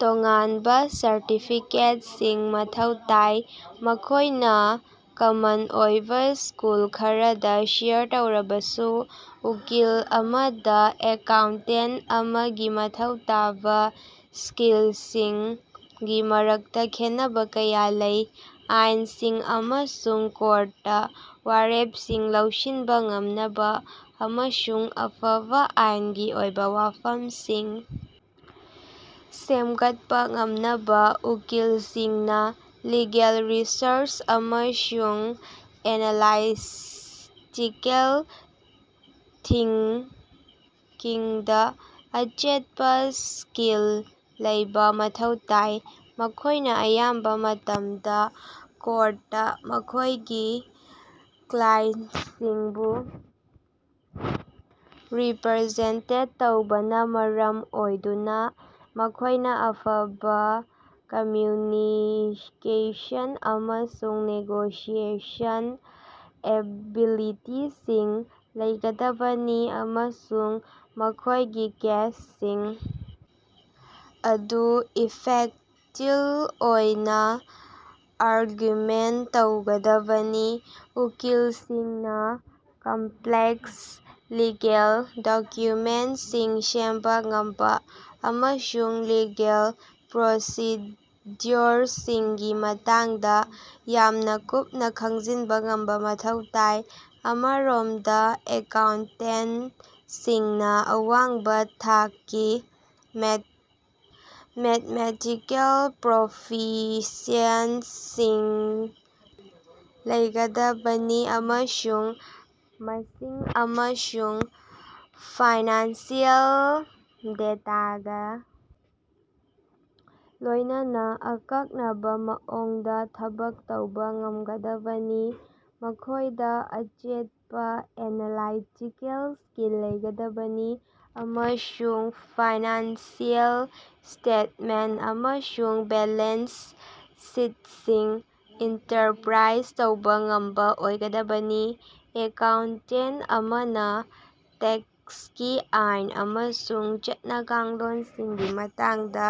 ꯇꯣꯉꯥꯟꯕ ꯁꯔꯇꯤꯐꯤꯀꯦꯠꯁꯤꯡ ꯃꯊꯧ ꯇꯥꯏ꯫ ꯃꯈꯣꯏꯅ ꯀꯃꯟ ꯑꯣꯏꯕ ꯁ꯭ꯀꯨꯜ ꯈꯔꯗꯥ ꯁꯦꯌꯔ ꯇꯧꯔꯕꯁꯨ, ꯎꯀꯤꯜ ꯑꯃꯥꯗꯤ ꯑꯦꯀꯥꯎꯟꯇꯦꯟꯇ ꯑꯃꯥꯒꯤ ꯃꯊꯧ ꯇꯥꯕ ꯁ꯭ꯀꯤꯜꯁꯤꯡꯒꯤ ꯃꯔꯛꯇꯥ ꯈꯦꯠꯅꯕꯥ ꯀꯌꯥ ꯂꯩ꯫ ꯑꯥꯏꯅꯁꯤꯡ ꯑꯃꯁꯨꯡ ꯀꯣꯔꯠꯇ ꯋꯥꯔꯦꯞꯁꯤꯡ ꯂꯧꯁꯤꯟꯕ ꯉꯝꯅꯕ, ꯑꯃꯁꯨꯡ ꯑꯐꯕ ꯑꯥꯏꯅꯒꯤ ꯑꯣꯏꯕ ꯋꯥꯐꯝꯁꯤꯡ ꯁꯦꯝꯒꯠꯄꯥ ꯉꯝꯅꯕ ꯎꯀꯤꯜꯁꯤꯡꯅꯥ ꯂꯤꯒꯦꯜ ꯔꯤꯁꯔꯆ ꯑꯃꯁꯨꯡ ꯑꯦꯅꯥꯂꯥꯏꯁꯇꯤꯀꯦꯜ ꯊꯤꯡ ꯀꯤꯡꯗꯥ ꯑꯆꯦꯠꯄꯥ ꯁ꯭ꯀꯤꯜ ꯂꯩꯕ ꯃꯊꯧ ꯇꯥꯏ꯫ ꯃꯈꯣꯏꯅ ꯑꯌꯥꯝꯕ ꯃꯇꯝꯗꯥ ꯀꯣꯔꯠꯇꯥ ꯃꯈꯣꯏꯒꯤ ꯀ꯭ꯂꯥꯏꯁꯤꯡꯕꯨ ꯔꯤꯄ꯭ꯔꯖꯦꯟꯇꯦꯠ ꯇꯧꯕꯅ ꯃꯔꯝ ꯑꯣꯏꯗꯨꯅ ꯃꯈꯣꯏꯅ ꯑꯐꯕ ꯀꯝꯌꯨꯅꯤꯀꯦꯁꯟ ꯑꯃꯁꯨꯡ ꯅꯦꯒꯣꯁꯤꯑꯦꯁꯟ ꯑꯦꯕꯤꯂꯤꯇꯤꯁꯤꯡ ꯂꯩꯒꯗꯕꯅꯤ ꯑꯃꯁꯨꯡ ꯃꯈꯣꯏꯒꯤ ꯀꯦꯁꯁꯤꯡ ꯑꯗꯨ ꯏꯐꯦꯛꯇꯤꯜ ꯑꯣꯏꯅ ꯑꯥꯔꯒꯨꯃꯦꯟꯇ ꯇꯧꯒꯗꯕꯅꯤ꯫ ꯎꯀꯤꯜꯁꯤꯡꯅ ꯀꯝꯄꯂꯦꯛꯁ ꯂꯤꯒꯦꯜ ꯗꯣꯛꯀꯌꯨꯃꯦꯟꯠꯁꯤꯡ ꯁꯦꯝꯕ ꯉꯝꯕ ꯑꯃꯁꯨꯡ ꯂꯤꯒꯦꯜ ꯄ꯭ꯔꯣꯁꯤꯗ꯭ꯌꯨꯑꯣꯔꯁꯤꯡꯒꯤ ꯃꯇꯥꯡꯗ ꯌꯥꯝꯅ ꯀꯨꯞꯅꯥ ꯈꯪꯖꯤꯟꯕ ꯉꯝꯕ ꯃꯊꯧ ꯇꯥꯏ꯫ ꯑꯃꯔꯣꯝꯗꯥ ꯑꯦꯀꯥꯎꯟꯇꯦꯟꯇ ꯁꯤꯡꯅꯥ ꯑꯋꯥꯡꯕ ꯊꯥꯛꯀꯤ ꯃꯦꯠ ꯃꯦꯊꯃꯦꯇꯤꯀꯦꯜ ꯄ꯭ꯔꯣꯐꯤꯁꯤꯑꯦꯟꯁꯤꯡ ꯂꯩꯒꯗꯕꯅꯤ ꯑꯃꯁꯨꯡ ꯃꯁꯤꯡ ꯑꯃꯁꯨꯡ ꯐꯥꯏꯅꯥꯟꯁꯤꯑꯦꯜ ꯗꯦꯇꯥꯒꯥ ꯂꯣꯏꯅꯅꯥ ꯑꯀꯛꯅꯕ ꯃꯑꯣꯡꯗ ꯊꯕꯛ ꯇꯧꯕꯥ ꯉꯝꯒꯗꯕꯅꯤ꯫ ꯃꯈꯣꯏꯗ ꯑꯆꯦꯠꯄꯥ ꯑꯦꯅꯥꯂꯥꯏꯇꯤꯀꯦꯜ ꯁ꯭ꯀꯤꯜ ꯂꯩꯒꯗꯕꯅꯤ ꯑꯃꯁꯨꯡ ꯐꯥꯏꯅꯥꯟꯁꯤꯑꯦꯜ ꯁ꯭ꯇꯦꯇꯃꯦꯟꯇ ꯑꯃꯁꯨꯡ ꯕꯦꯂꯦꯟꯁ ꯁꯤꯠꯁꯤꯡ ꯏꯟꯇꯔꯄ꯭ꯔꯥꯏꯖ ꯇꯧꯕ ꯉꯝꯕꯥ ꯑꯣꯏꯒꯗꯕꯅꯤ꯫ ꯑꯦꯀꯥꯎꯟꯇꯦꯟꯇ ꯑꯃꯅꯥ ꯇꯦꯛꯁꯀꯤ ꯑꯥꯏꯟ ꯑꯃꯁꯨꯡ ꯆꯠꯅ-ꯀꯥꯡꯂꯣꯟꯁꯤꯡꯒꯤ ꯃꯇꯥꯡꯗ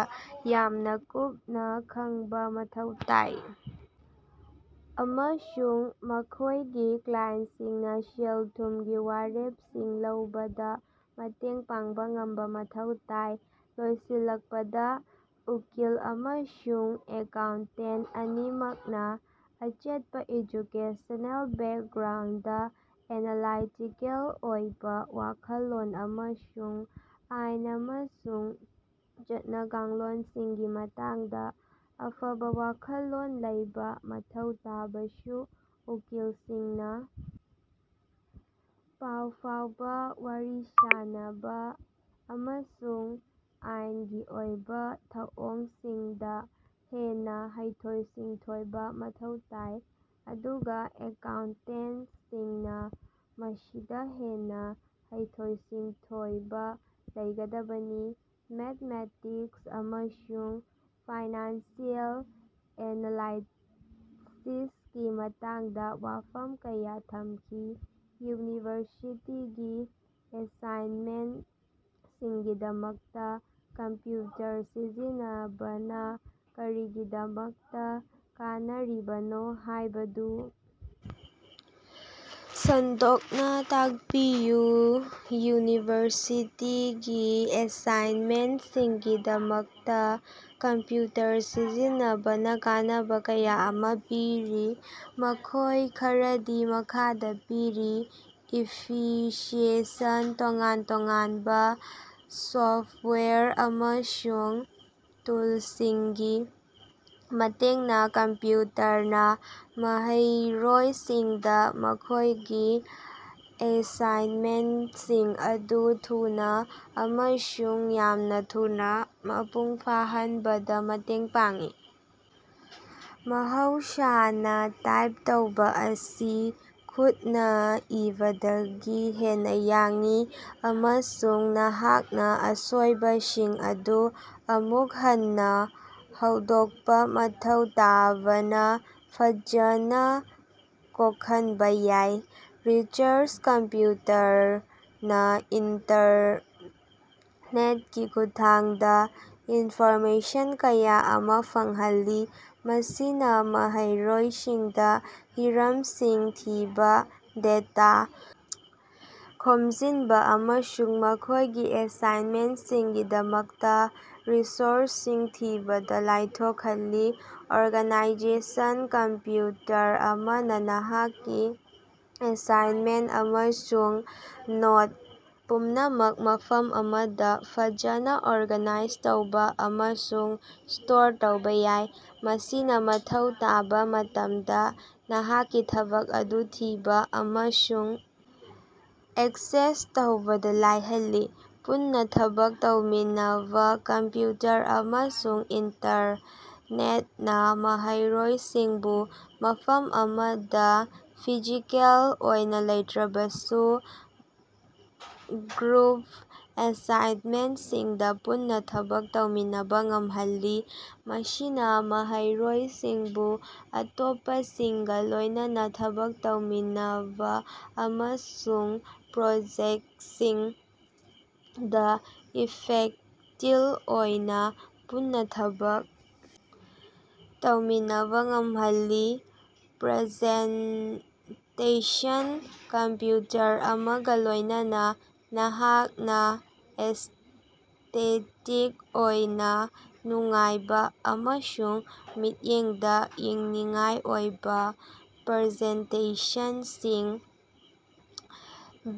ꯌꯥꯝꯅ ꯀꯨꯞꯅ ꯈꯪꯕꯥ ꯃꯊꯧ ꯇꯥꯏ, ꯑꯃꯁꯨꯡ ꯃꯈꯣꯏꯒꯤ ꯀ꯭ꯂꯥꯏꯟꯇꯁꯤꯡꯅꯥ ꯁꯦꯜ-ꯊꯨꯝꯒꯤ ꯋꯥꯔꯦꯞꯁꯤꯡ ꯂꯧꯕꯗꯥ ꯃꯇꯦꯡ ꯄꯥꯡꯕ ꯉꯝꯕ ꯃꯊꯧ ꯇꯥꯏ꯫ ꯂꯣꯏꯁꯤꯜꯂꯛꯄꯗꯥ, ꯎꯀꯤꯜ ꯑꯃꯁꯨꯡ ꯑꯦꯀꯥꯎꯟꯇꯦꯟꯇ ꯑꯅꯤꯃꯛꯅ ꯑꯆꯦꯠꯄꯥ ꯑꯦꯖꯨꯀꯦꯁꯅꯦꯜ ꯕꯦꯀꯒ꯭ꯔꯥꯎꯟꯗ, ꯑꯦꯅꯥꯂꯥꯏꯇꯤꯀꯦꯜ ꯑꯣꯏꯕꯥ ꯋꯥꯈꯜꯂꯣꯟ, ꯑꯃꯁꯨꯡ ꯑꯥꯏꯟ ꯑꯃꯁꯨꯡ ꯆꯠꯅ-ꯀꯥꯡꯂꯣꯟꯁꯤꯡꯒꯤ ꯃꯇꯥꯡꯗ ꯑꯐꯕ ꯋꯥꯈꯜꯂꯣꯟ ꯂꯩꯕ ꯃꯊꯧ ꯇꯥꯕꯁꯨ, ꯎꯀꯤꯜꯁꯤꯡꯅꯥ ꯄꯥꯎ ꯐꯥꯎꯕꯥ, ꯋꯥꯔꯤ ꯁꯥꯅꯕꯥ, ꯑꯃꯁꯨꯡ ꯑꯥꯏꯟꯒꯤ ꯑꯣꯏꯕ ꯊꯧꯑꯣꯡꯁꯤꯡꯗꯥ ꯍꯦꯟꯅꯥ ꯍꯩꯊꯣꯏ-ꯁꯤꯡꯊꯣꯏꯕ ꯃꯊꯧ ꯇꯥꯏ, ꯑꯗꯨꯒꯥ ꯑꯦꯀꯥꯎꯟꯇꯦꯟꯇꯁꯤꯡꯅꯥ ꯃꯁꯤꯗꯥ ꯍꯦꯟꯅꯥ ꯍꯩꯊꯣꯏ-ꯁꯤꯡꯊꯣꯏꯕ ꯂꯩꯒꯗꯕꯅꯤ꯫ ꯃꯦꯊꯃꯦꯇꯤꯛꯁ ꯑꯃꯁꯨꯡ ꯐꯥꯏꯅꯥꯟꯁꯤꯑꯦꯜ ꯑꯦꯅꯥꯂꯥꯏꯁꯤꯁꯀꯤ ꯃꯇꯥꯡꯗ ꯋꯥꯐꯝ ꯀꯌꯥ ꯊꯝꯈꯤ꯫ ꯌꯨꯅꯤꯚꯔꯁꯤꯇꯤꯒꯤ ꯑꯦꯁꯥꯏꯅꯃꯦꯟꯠꯁꯤꯡꯒꯤꯗꯃꯛꯇꯥ ꯀꯝꯞꯌꯨꯇꯔ ꯁꯤꯖꯤꯟꯅꯕꯅ ꯀꯔꯤꯒꯤꯗꯃꯛꯇꯥ ꯀꯥꯟꯅꯔꯤꯕꯅꯣ ꯍꯥꯏꯕꯗꯨ ꯁꯟꯗꯣꯛꯅꯥ ꯇꯥꯛꯄꯤꯌꯨ꯫ ꯌꯨꯅꯤꯚꯔꯁꯤꯇꯤꯒꯤ ꯑꯦꯁꯥꯏꯅꯃꯦꯟꯠꯁꯤꯡꯒꯤꯗꯃꯛꯇꯥ ꯀꯝꯄ꯭ꯌꯨꯇꯔ ꯁꯤꯖꯤꯟꯅꯕꯅ ꯀꯥꯟꯅꯕ ꯀꯌꯥ ꯑꯃꯥ ꯄꯤꯔꯤ꯫ ꯃꯈꯣꯏ ꯈꯔꯗꯤ ꯃꯈꯥꯗꯥ ꯄꯤꯔꯤ ꯏꯐꯤꯁꯤꯑꯦꯁꯟ ꯇꯣꯉꯥꯟ-ꯇꯣꯉꯥꯟꯕ ꯁꯣꯐꯇꯋꯥꯌꯔ ꯑꯃꯁꯨꯡ ꯇꯨꯜꯁꯤꯡꯒꯤ ꯃꯇꯦꯡꯅꯥ ꯀꯝꯞꯌꯨꯇꯔꯅꯥ ꯃꯍꯩꯔꯣꯏꯁꯤꯡꯗꯥ ꯃꯈꯣꯏꯒꯤ ꯑꯦꯁꯥꯏꯅꯃꯦꯟꯠꯁꯤꯡ ꯑꯗꯨ ꯊꯨꯅꯥ ꯑꯃꯁꯨꯡ ꯌꯥꯝꯅ ꯊꯨꯅꯥ ꯃꯄꯨꯡ ꯐꯥꯍꯟꯕꯗ ꯃꯇꯦꯡ ꯄꯥꯡꯏ꯫ ꯃꯍꯧꯁꯥꯅꯥ ꯇꯥꯏꯞ ꯇꯧꯕ ꯑꯁꯤ ꯈꯨꯠꯅꯥ ꯏꯕꯗꯒꯤ ꯍꯦꯟꯅꯥ ꯌꯥꯡꯏ, ꯑꯃꯁꯨꯡ ꯅꯍꯥꯛꯅꯥ ꯑꯁꯣꯏꯕꯁꯤꯡ ꯑꯗꯨ ꯑꯃꯨꯛ ꯍꯟꯅꯥ ꯍꯧꯗꯣꯛꯄꯥ ꯃꯊꯧ ꯇꯥꯕꯅ ꯐꯖꯅ ꯀꯣꯛꯍꯟꯕ ꯌꯥꯏ꯫ ꯔꯤꯁꯥꯔꯆ ꯀꯝꯄ꯭ꯌꯨꯇꯔꯅꯥ ꯏꯟꯇꯔꯅꯦꯇꯀꯤ ꯈꯨꯠꯊꯥꯡꯗ ꯏꯟꯐꯣꯔꯃꯦꯁꯟ ꯀꯌꯥ ꯑꯃꯥ ꯐꯪꯍꯜꯂꯤ꯫ ꯃꯁꯤꯅꯥ ꯃꯍꯩꯔꯣꯏꯁꯤꯡꯗꯥ ꯍꯤꯔꯝꯁꯤꯡ ꯊꯤꯕ, ꯗꯦꯇꯥ ꯈꯣꯝꯖꯤꯟꯕ ꯑꯃꯁꯨꯡ ꯃꯈꯣꯏꯒꯤ ꯑꯦꯁꯥꯏꯅꯃꯦꯟꯠꯁꯤꯡꯒꯤꯗꯃꯛꯇꯥ ꯔꯤꯁꯣꯔꯁꯁꯤꯡ ꯊꯤꯕꯗ ꯂꯥꯏꯊꯣꯛꯍꯜꯂꯤ꯫ ꯑꯣꯔꯒꯥꯅꯥꯏꯖꯦꯁꯟ ꯀꯝꯞꯌꯨꯇꯔ ꯑꯃꯅꯥ ꯅꯍꯥꯛꯀꯤ ꯑꯦꯁꯥꯏꯅꯃꯦꯟꯠ ꯑꯃꯁꯨꯡ ꯅꯣꯠ ꯄꯨꯝꯅꯃꯛ ꯃꯐꯝ ꯑꯃꯗ ꯐꯖꯅ ꯑꯣꯔꯒꯥꯅꯥꯏꯖ ꯇꯧꯕ ꯑꯃꯁꯨꯡ ꯁ꯭ꯇꯣꯔ ꯇꯧꯕ ꯌꯥꯏ꯫ ꯃꯁꯤꯅ ꯃꯊꯧ ꯇꯥꯕ ꯃꯇꯝꯗ ꯅꯍꯥꯛꯀꯤ ꯊꯕꯛ ꯑꯗꯨ ꯊꯤꯕ ꯑꯃꯁꯨꯡ ꯑꯦꯛꯁꯦꯁ ꯇꯧꯕꯗ ꯂꯥꯏꯍꯜꯂꯤ꯫ ꯄꯨꯟꯅꯥ ꯊꯕꯛ ꯇꯧꯃꯤꯟꯅꯕꯥ ꯀꯝꯄ꯭ꯌꯨꯇꯔ ꯑꯃꯁꯨꯡ ꯏꯟꯇꯔꯅꯦꯠꯅꯥ ꯃꯍꯩꯔꯣꯏꯁꯤꯡꯕꯨ ꯃꯐꯝ ꯑꯃꯗ ꯐꯤꯖꯤꯀꯦꯜ ꯑꯣꯏꯅ ꯂꯩꯇ꯭ꯔꯕꯁꯨ ꯒ꯭ꯔꯨꯞ ꯑꯦꯁꯥꯏꯗꯃꯦꯟꯠꯁꯤꯡꯗ ꯄꯨꯟꯅ ꯊꯕꯛ ꯇꯧꯃꯤꯟꯅꯕ ꯉꯝꯍꯜꯂꯤ꯫ ꯃꯁꯤꯅ ꯃꯍꯩꯔꯣꯏꯁꯤꯡꯕꯨ ꯑꯇꯣꯞꯄꯁꯤꯡꯒ ꯂꯣꯏꯅꯅꯥ ꯊꯕꯛ ꯇꯧꯃꯤꯟꯅꯕ ꯑꯃꯁꯨꯡ ꯄ꯭ꯔꯣꯖꯦꯛꯇꯁꯤꯡ ꯗꯥ ꯏꯐꯦꯛꯇꯤꯜ ꯑꯣꯏꯅ ꯄꯨꯟꯅꯥ ꯊꯕꯛ ꯇꯧꯃꯤꯟꯅꯕ ꯉꯝꯍꯜꯂꯤ꯫ ꯄ꯭ꯔꯖꯦꯟꯇꯦꯁꯟ ꯀꯝꯄ꯭ꯌꯨꯇꯔ ꯑꯃꯒꯥ ꯂꯣꯏꯅꯅꯥ ꯅꯍꯥꯛꯅꯥ ꯑꯦꯁ꯭ꯇꯦꯇꯤꯛ ꯑꯣꯏꯅ ꯅꯨꯡꯉꯥꯏꯕ ꯑꯃꯁꯨꯡ ꯃꯤꯠꯌꯦꯡꯗꯥ ꯌꯦꯡꯅꯤꯡꯉꯥꯏ ꯑꯣꯏꯕ ꯄ꯭ꯔꯖꯦꯟꯇꯦꯁꯟꯁꯤꯡ,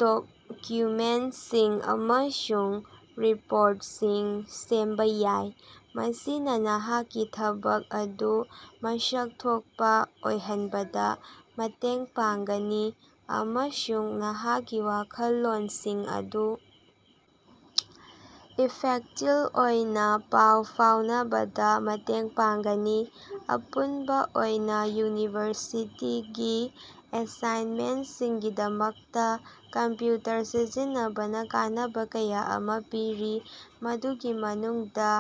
ꯗꯣꯛꯌꯨꯃꯦꯟꯠꯁꯤꯡ ꯑꯃꯁꯨꯡ ꯔꯤꯄꯣꯔꯇꯁꯤꯡ ꯁꯦꯝꯕ ꯌꯥꯏ꯫ ꯃꯁꯤꯅꯥ ꯅꯍꯥꯛꯀꯤ ꯊꯕꯛ ꯑꯗꯨ ꯃꯁꯛ ꯊꯣꯛꯄꯥ ꯑꯣꯏꯍꯟꯕꯗ ꯃꯇꯦꯡ ꯄꯥꯡꯒꯅꯤ ꯑꯃꯁꯨꯡ ꯅꯍꯥꯛꯀꯤ ꯋꯥꯈꯜꯂꯣꯟꯁꯤꯡ ꯑꯗꯨ ꯏꯐꯦꯛꯇꯤꯜ ꯑꯣꯏꯅ ꯄꯥꯎ ꯐꯥꯎꯅꯕꯗꯥ ꯃꯇꯦꯡ ꯄꯥꯡꯒꯅꯤ꯫ ꯑꯄꯨꯟꯕ ꯑꯣꯏꯅ, ꯌꯨꯅꯤꯚꯔꯁꯤꯇꯤꯒꯤ ꯑꯦꯁꯥꯏꯅꯃꯦꯟꯠꯁꯤꯡꯒꯤꯗꯃꯛꯇꯥ ꯀꯝꯞꯌꯨꯇꯔ ꯁꯤꯖꯤꯟꯅꯕꯅ ꯀꯥꯟꯅꯕ ꯀꯌꯥ ꯑꯃꯥ ꯄꯤꯔꯤ, ꯃꯗꯨꯒꯤ ꯃꯅꯨꯡꯗꯥ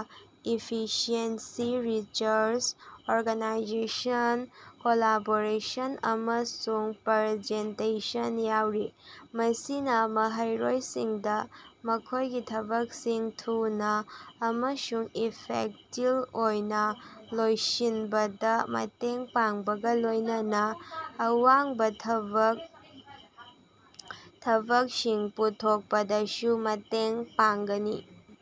ꯏꯐꯤꯁꯤꯑꯦꯟꯁꯤ, ꯔꯤꯁꯔꯆ, ꯑꯣꯔꯒꯅꯥꯏꯖꯦꯁꯟ, ꯀꯣꯂꯥꯕꯣꯔꯦꯁꯟ, ꯑꯃꯁꯨꯡ ꯄ꯭ꯔꯖꯦꯟꯇꯦꯁꯟ ꯌꯥꯎꯔꯤ꯫ ꯃꯁꯤꯅꯥ ꯃꯍꯩꯔꯣꯏꯁꯤꯡꯗ ꯃꯈꯣꯏꯒꯤ ꯊꯕꯛꯁꯤꯡ ꯊꯨꯅꯥ ꯑꯃꯁꯨꯡ ꯏꯐꯦꯛꯇꯤꯜ ꯑꯣꯏꯅ ꯂꯣꯏꯁꯤꯟꯕꯗ ꯃꯇꯦꯡ ꯄꯥꯡꯕꯒ ꯂꯣꯏꯅꯅꯥ ꯑꯋꯥꯡꯕ ꯊꯕꯛ ꯊꯕꯛꯁꯤꯡ ꯄꯨꯊꯣꯛꯄꯗꯁꯨ ꯃꯇꯦꯡ ꯄꯥꯡꯒꯅꯤ꯫।